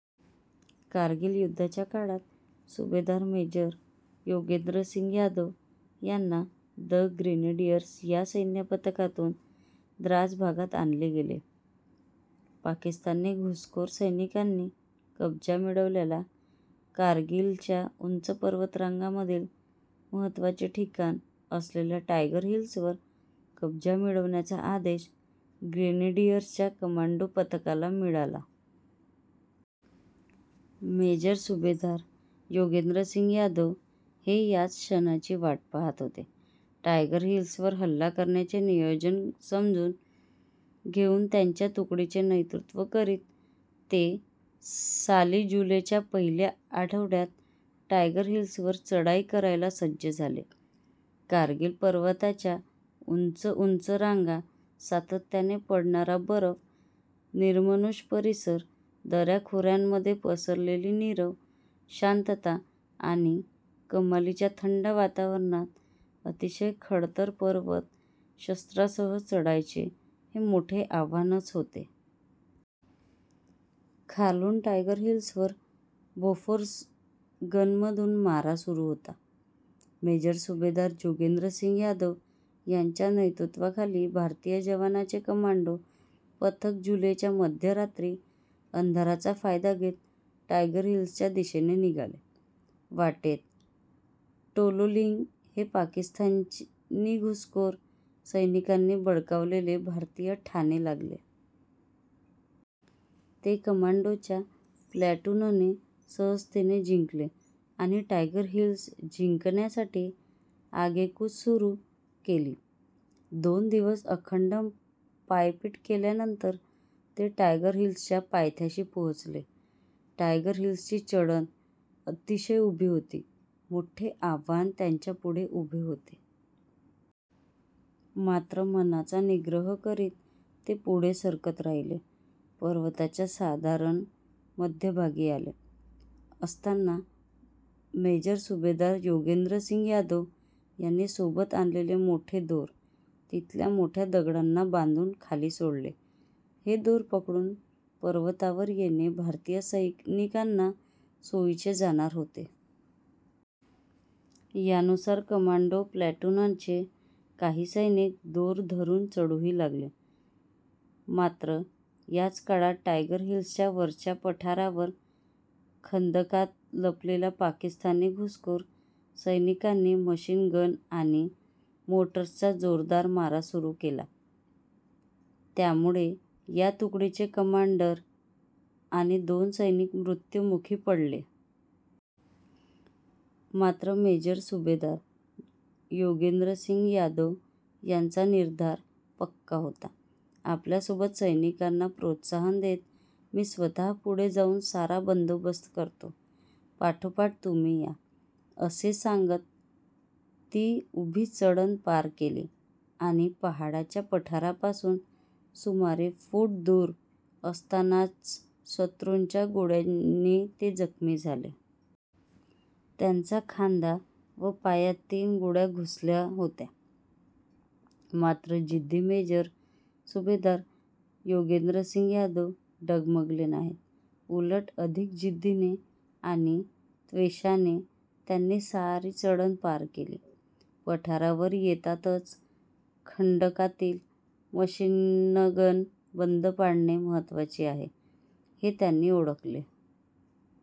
कारगिल युद्धाच्या काळात सुभेदार मेजर योगेंद्रसिंह यादव यांना ' द ग्रेनेडियर्स' या सैन्यपथकातून द्रास भागात आणले गेले. पाकिस्तानी घुसखोर सैनिकांनी कब्जा मिळवलेल्या कारगिलच्या उंच पर्वतरांगांमधील महत्त्वाचे ठिकाण असलेल्या टायगर हिल्सवर कब्जा मिळवण्याचा आदेश ग्रेनेडियर्सच्या कमांडो पथकाला मिळाला. मेजर सुभेदार योगेंद्रसिंह यादव हे याच क्षणाची वाट पाहत होते. टायगर हिल्सवर हल्ला करण्याचे नियोजन समजून घेऊन त्यांच्या तुकडीचे नेतृत्व करीत ते साली जुलैच्या पहिल्या आठवड्यात टायगर हिलवर चढाई करायला सज्ज झाले. कारगिल पर्वतांच्या उंच उंच रांगा, सातत्याने पडणारा बर्फ, निर्मनुष्य परिसर, दऱ्याखोऱ्यांमध्ये पसरलेली नीरव शांतता आणि कमालीच्या थंड वातावरणात अतिशय खडतर पर्वत, शस्त्रांसह चढायचे हे मोठे आव्हानच होते. खालून टायगर हिल्सवर बोफोर्स गनमधून मारा सुरू होता. मेजर सुभेदार योगेंद्र सिंह यादव यांच्या नेतृत्वाखाली भारतीय जवानांचे कमांडो पथक जुलैच्या मध्यरात्री अंधाराचा फायदा घेत टायगर हिल्सच्या दिशेने निघाले. वाटेत 'टोलोलिंग' हे पाकिस्तानी घुसखोर सैनिकांनी बळकावलेले भारतीय ठाणे लागले. ते कमांडोंच्या प्लॅटूनने सहजतेने जिंकले आणि टायगर हिल्स जिंकण्यासाठी आगेकूच सुरू केली. दोन दिवस अखंड पायपीट केल्यानंतर ते टायगर हिल्सच्या पायथ्याशी पोहोचले. टायगर हिल्सची चढण अतिशय उभी होती. मोठे आव्हान त्यांच्यापुढे उभे होते. मात्र मनाचा निग्रह करीत ते पुढे सरकत राहिले. पर्वताच्या साधारण मध्यभागी आले असताना मेजर सुभेदार योगेंद्रसिंह यादव यांनी सोबत आणलेले मोठे दोर तिथल्या मोठ्या दगडांना बांधून खाली सोडले. हे दोर पकडून पर्वतावर येणे भारतीय सैनिकांना सोयीचे जाणार होते. यानुसार कमांडो प्लॅटूनचे काही सैनिक दोर धरून चढूही लागले. मात्र याच काळात टायगर हिल्सच्या वरच्या पठारावर खंदकात लपलेल्या पाकिस्तानी घुसखोर सैनिकांनी मशीनगन आणि मॉर्टरचा जोरदार मारा सुरू केला. त्यामुळे या तुकडीचे कमांडर आणि दोन सैनिक मृत्युमुखी पडले. मात्र मेजर सुभेदार योगेंद्रसिंह यादव यांचा निर्धार पक्का होता. आपल्या सोबत सैनिकांना प्रोत्साहन देत, "मी स्वतः पुढे जाऊन सारा बंदोबस्त करतो, पाठोपाठ तुम्ही या" असे सांगत ती उभी चढण पार केली. आणि पहाडाच्या पठारापासून सुमारे फूट दूर असतानाच शत्रूंच्या गोळ्यांनी ते जखमी झाले. त्यांच्या खांदा व पायात तीन गोळ्या घुसल्या होत्या. मात्र जिद्दी मेजर सुभेदार योगेंद्रसिंह यादव डगमगले नाहीत. उलट अधिक जिद्दीने आणि त्वेषाने त्यांनी सारी चढण पार केली. पठारावर येतातच खंडकातील मशीनगन बंद पाडणे महत्त्वाचे आहे, हे त्यांनी ओळखले.